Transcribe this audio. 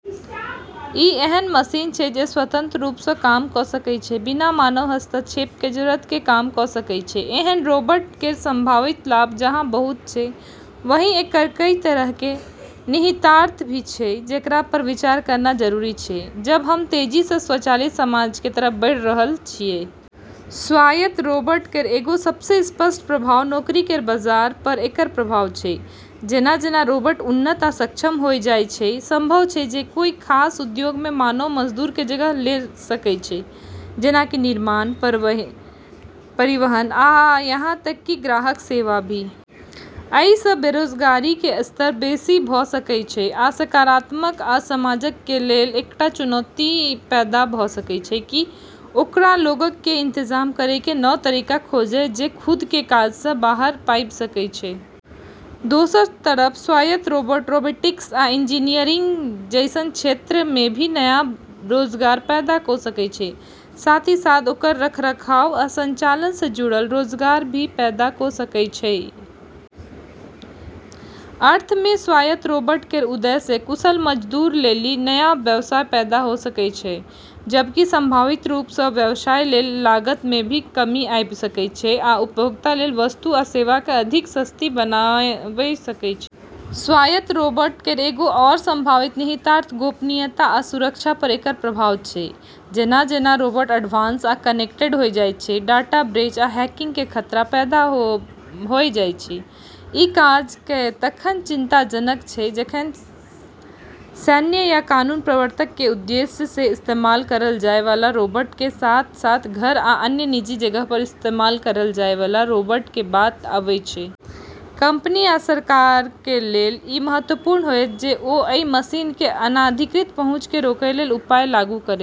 ई ऐन्हन मशीन छै जे स्वतंत्र रूप सँ काम क सकै छै, बिना मानव हस्तक्षेप के जरूरत के काम क सकै छै। ऐन्हन रोबोट केर संभावित लाभ जहाँ बहुत छै, वहीं एकर कई तरह के निहितार्थ भी छै जेकरा प विचार करना जरूरी छै जब हम तेजी सँ स्वचालित समाज के तरफ बढ़ी रहल छियै। स्वायत्त रोबोट केर एगो सबसें स्पष्ट प्रभाव नौकरी केर बाजार प एकर प्रभाव छै। जेना-जेना रोबोट उन्नत आ सक्षम होय जाय छै, संभव छै जे ई कुछ खास उद्योग मे मानव मजदूर के जगह ले सकै छै, जेना कि निर्माण, परिवहन आ यहां तक कि ग्राहक सेवा भी। अइ सँ बेरोजगारी कें स्तर बेसि भ सकय छै आ सरकारक आ समाजक कें लेल एकटा चुनौती पैदा भ सकय छै कि ओ लोगक कें इंतजाम करय कें नव तरीका खोजय जे खुद कें काज सँ बाहर पाबि सकय छै। दोसर तरफ स्वायत्त रोबोट रोबोटिक्स आ इंजीनियरिंग जैसन क्षेत्र मे भी नया रोजगार पैदा क सकै छै, साथ ही साथ ओकर रखरखाव आ संचालन सँ जुड़ल रोजगार भी पैदा क सकै छै। ई अर्थ मे स्वायत्त रोबोट केर उदय सँ कुशल मजदूर लेली नया अवसर पैदा होय सकै छै, जबकि संभावित रूप सँ व्यवसाय लेली लागत मे भी कमी आबी सकै छै आ उपभोक्ता लेली वस्तु आ सेवा क अधिक सस्ती बनाबै सकै छै। स्वायत्त रोबोट केर एगो आरू संभावित निहितार्थ गोपनीयता आ सुरक्षा प एकर प्रभाव छै। जेना-जेना रोबोट एडवांस आ कनेक्टेड होय जाय छै, डाटा ब्रेच आ हैकिंग के खतरा पैदा होय जाय छै। ई खास कय तखन चिंताजनक छै जब सैन्य या कानून प्रवर्तन के उद्देश्य सँ इस्तेमाल करल जाय वाला रोबोट के साथ-साथ घर आ अन्य निजी जगह प इस्तेमाल करल जाय वाला रोबोट के बात आबै छै। कंपनी आ सरकारक कें लेल इ महत्वपूर्ण होयत जे ओ अइ मशीनक कें अनधिकृत पहुंच कें रोकय कें लेल उपाय लागू करय।